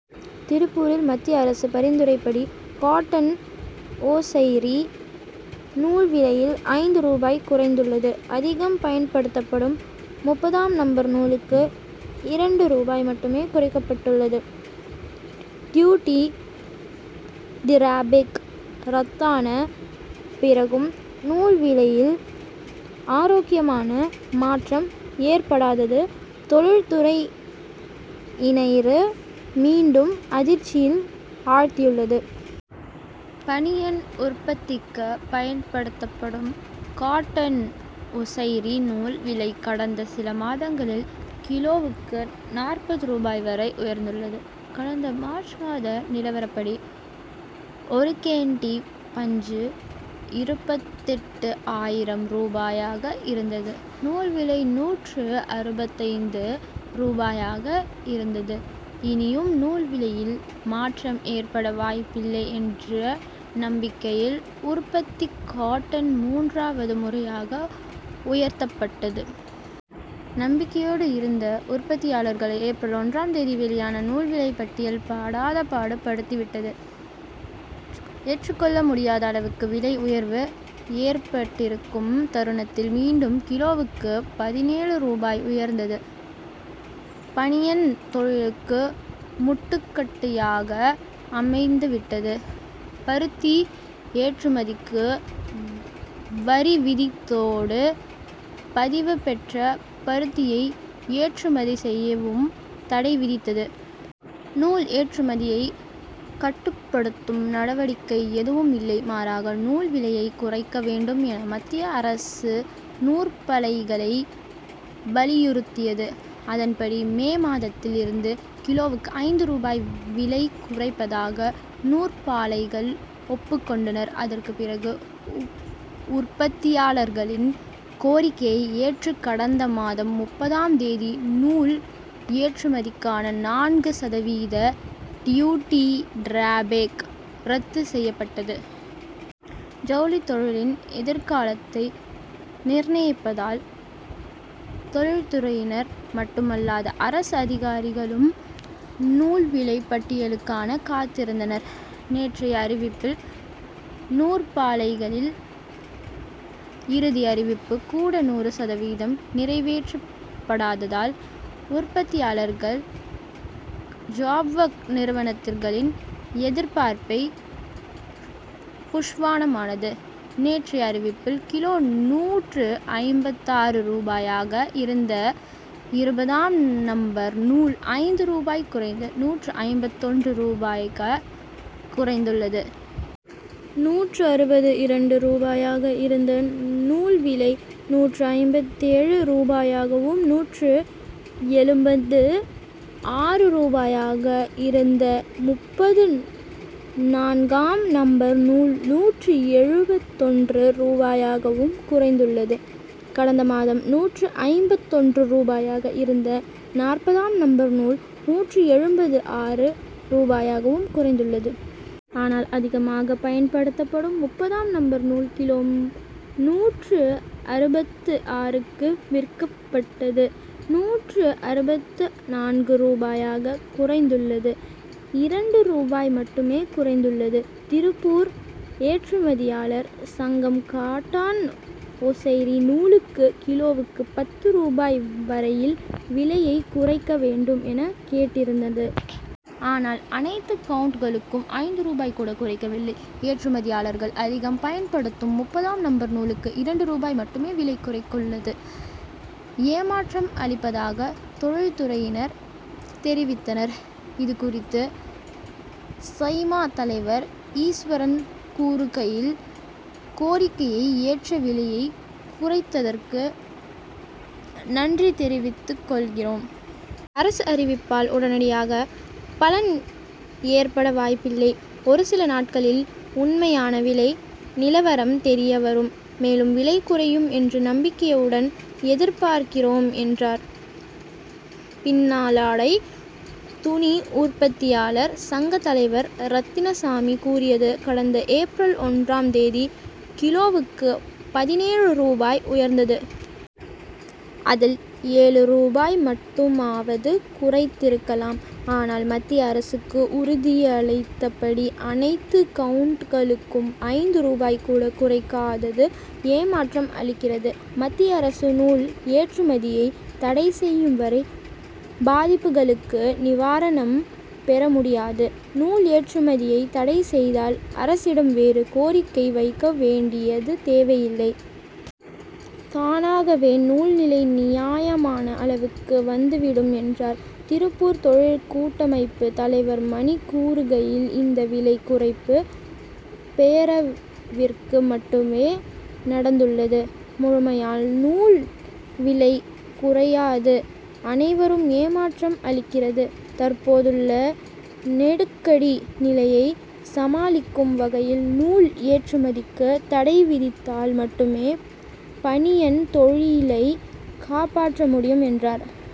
திருப்பூர் மத்திய அரசு பரிந்துரைப்படி காட்டன் ஒசைரி நூல் விலையில் ஐந்து ரூபாய் குறைந்துள்ளது. அதிகம் பயன்படுத்தப்படும் முப்பதாம் நம்பர் நூலுக்கு இரண்டு ரூபாய் மட்டுமே குறைக்கப்பட்டுள்ளது. டியூட்டி டிராபேக் ரத்தான பிறகும் நூல் விலையில் ஆரோக்கியமான மாற்றம் ஏற்படாதது தொழில் துறையினயிரு மீண்டும் அதிர்ச்சியில் ஆழ்த்தியுள்ளது. பனியன் உற்பத்திக்கு பயன்படுத்தப்படும் காட்டன் ஒசைரி நூல் விலை கடந்த சில மாதங்களில் கிலோவுக்கு நாற்பது ரூபாய் வரை உயர்ந்துள்ளது. கடந்த மார்ச் மாத நிலவரப்படி ஒருகேண்டி பஞ்சு இருபத்தெட்டு ஆயிரம் ரூபாயாக இருந்தது. நூல் விலை நூற்று அறுபத்தைந்து ரூபாயாக இருந்தது. இனியும் நூல் விலையில் மாற்றம் ஏற்பட வாய்ப்பில்லை என்ற நம்பிக்கையில் உற்பத்தி கட்டணம் மூன்றாவது முறையாக உயர்த்தப்பட்டது. நம்பிக்கையோடு இருந்த உற்பத்தியாளர்களை ஏப்ரல் ஒன்றாம் தேதி வெளியான நூல் விலை பட்டியல் படாதபாடு படுத்திவிட்டது. ஏற்றுக்கொள்ள முடியாத அளவுக்கு விலை உயர்வு ஏற்பட்டிருக்கும் தருணத்தில் மீண்டும் கிலோவுக்கு பதினேழு ரூபாய் உயர்ந்தது பனியன் தொழிலுக்கு முட்டுக்கட்டையாக அமைந்துவிட்டது. பருத்தி ஏற்றுமதிக்கு வரி விதித்தோடு பதிவு பெற்ற பருத்தியை ஏற்றுமதி செய்யவும் தடை விதித்தது. நூல் ஏற்றுமதியை கட்டுப்படுத்தும் நடவடிக்கை எதுவும் இல்லை. மாறாக நூல் விலையை குறைக்க வேண்டும் என மத்திய அரசு நூற்பலைகளை வலியுறுத்தியது. அதன்படி மே மாதத்தில் இருந்து கிலோவுக்கு ஐந்து ரூபாய் விலை குறைப்பதாக நூற்பாலைகள் ஒப்புக்கொண்டன. அதற்கு பிறகு உற்பத்தியாளர்களின் கோரிக்கையை ஏற்று கடந்த மாதம் முப்பதாம் தேதி நூல் ஏற்றுமதிக்கான நான்கு சதவீத டியூட்டி டிராபேக் ரத்து செய்யப்பட்டது. ஜவுளித்தொழிலின் எதிர்காலத்தை நிர்ணயிப்பதால் தொழில்துறையினர் மட்டுமல்லாது அரசு அதிகாரிகளும் நூல்விலை பட்டியலுக்கான காத்திருந்தனர். நேற்றைய அறிவிப்பில் நூற்பாலைகளின் இறுதி அறிவிப்பு கூட நூறு சதவீதம் நிறைவேற்றப்படாததால் உற்பத்தியாளர்கள் ஜாப்ஒர்க் நிறுவனத்களின் எதிர்பார்ப்பை புஷ்வானமானது. நேற்றைய அறிவிப்பில் கிலோ நூற்று ஐம்பத்தாறு ரூபாயாக இருந்த இருபதாம் நம்பர் நூல் ஐந்து ரூபாய் குறைந்து நூற்று ஐம்பத்தொன்று ரூபாய்க்கு குறைந்துள்ளது. நூற்று அறுபது இரண்டு ரூபாயாக இருந்த நூல்விலை நூற்று ஐம்பத்தேழு ரூபாயாகவும் நூற்று எழுபது ஆறு ரூபாயாக இருந்த முப்பது நான்காம் நம்பர் நூல் நூற்று எழுபத்தொன்று ரூபாயாகவும் குறைந்துள்ளது. கடந்த மாதம் நூற்று ஐம்பத்தொன்று ரூபாயாக இருந்த நாற்பதாம் நம்பர் நூல் நூற்று எழும்பது ஆறு ரூபாயாகவும் குறைந்துள்ளது. ஆனால் அதிகமாக பயன்படுத்தப்படும் முப்பதாம் நம்பர் நூல் கிலோ நூற்று அறுபத்து ஆறுக்கு விற்கப்பட்டது நூற்று அறுபத்து நான்கு ரூபாயாக குறைந்துள்ளது. இரண்டு ரூபாய் மட்டுமே குறைந்துள்ளது. திருப்பூர் ஏற்றுமதியாளர் சங்கம் காட்டான் ஒசைரி நூலுக்கு கிலோவுக்கு பத்து ரூபாய் வரையில் விலையை குறைக்க வேண்டும் என கேட்டிருந்தது. ஆனால் அனைத்து கவுன்ட்களுக்கும் ஐந்து ரூபாய் கூட குறைக்கவில்லை. ஏற்றுமதியாளர்கள் அதிகம் பயன்படுத்தும் முப்பதாம் நம்பர் நூலுக்கு இரண்டு ரூபாய் மட்டுமே விலை குறைந்துள்ளது ஏமாற்றம் அளிப்பதாக தொழில் துறையினர் தெரிவித்தனர். இதுகுறித்து சைமா தலைவர் ஈஸ்வரன் கூறுகையில் கோரிக்கையை ஏற்று விலையை குறைத்ததற்கு நன்றி தெரிவித்துக்கொள்கிறோம். அரசு அறிவிப்பால் உடனடியாக பலன் ஏற்பட வாய்ப்பில்லை. ஒருசில நாட்களில் உண்மையான விலை நிலவரம் தெரியவரும். மேலும் விலை குறையும் என்று நம்பிக்கையுடன் எதிர்பார்க்கிறோம் என்றார். பின்னாலாடை துணி உற்பத்தியாளர் சங்க தலைவர் ரத்தினசாமி கூறியது கடந்த ஏப்ரல் ஒன்றாம் தேதி கிலோவுக்கு பதினேழு ரூபாய் உயர்ந்தது. அதில் ஏழு ரூபாயை மட்டுமாவது குறைத்திருக்கலாம். ஆனால் மத்திய அரசுக்கு உறுதியளித்தபடி அனைத்து கவுன்ட்களுக்கும் ஐந்து ரூபாய் கூட குறைக்காதது ஏமாற்றம் அளிக்கிறது. மத்திய அரசு நூல் ஏற்றுமதியை தடைசெய்யும் வரை பாதிப்புகளுக்கு நிவாரணம் பெறமுடியாது. நூல் ஏற்றுமதியை தடை செய்தால் அரசிடம் வேறு கோரிக்கை வைக்க வேண்டியது தேவையில்லை. தானகாவே நூல் நிலை நியாயமான அளவுக்கு வந்துவிடும் என்றார். திருப்பூர் தொழில் கூட்டமைப்பு தலைவர் மணி கூறுகையில் இந்த விலை குறைப்பு பெயரவிற்கு மட்டுமே நடந்துள்ளது. முழுமையால் நூல் விலை குறையாது அனைவரும் ஏமாற்றம் அளிக்கிறது. தற்போதுள்ள நெடுக்கடி நிலையை சமாளிக்கும் வகையில் நூல் ஏற்றுமதிக்கு தடைவிதித்தால் மட்டுமே பனியன் தொழிலை காப்பாற்ற முடியும் என்றார்.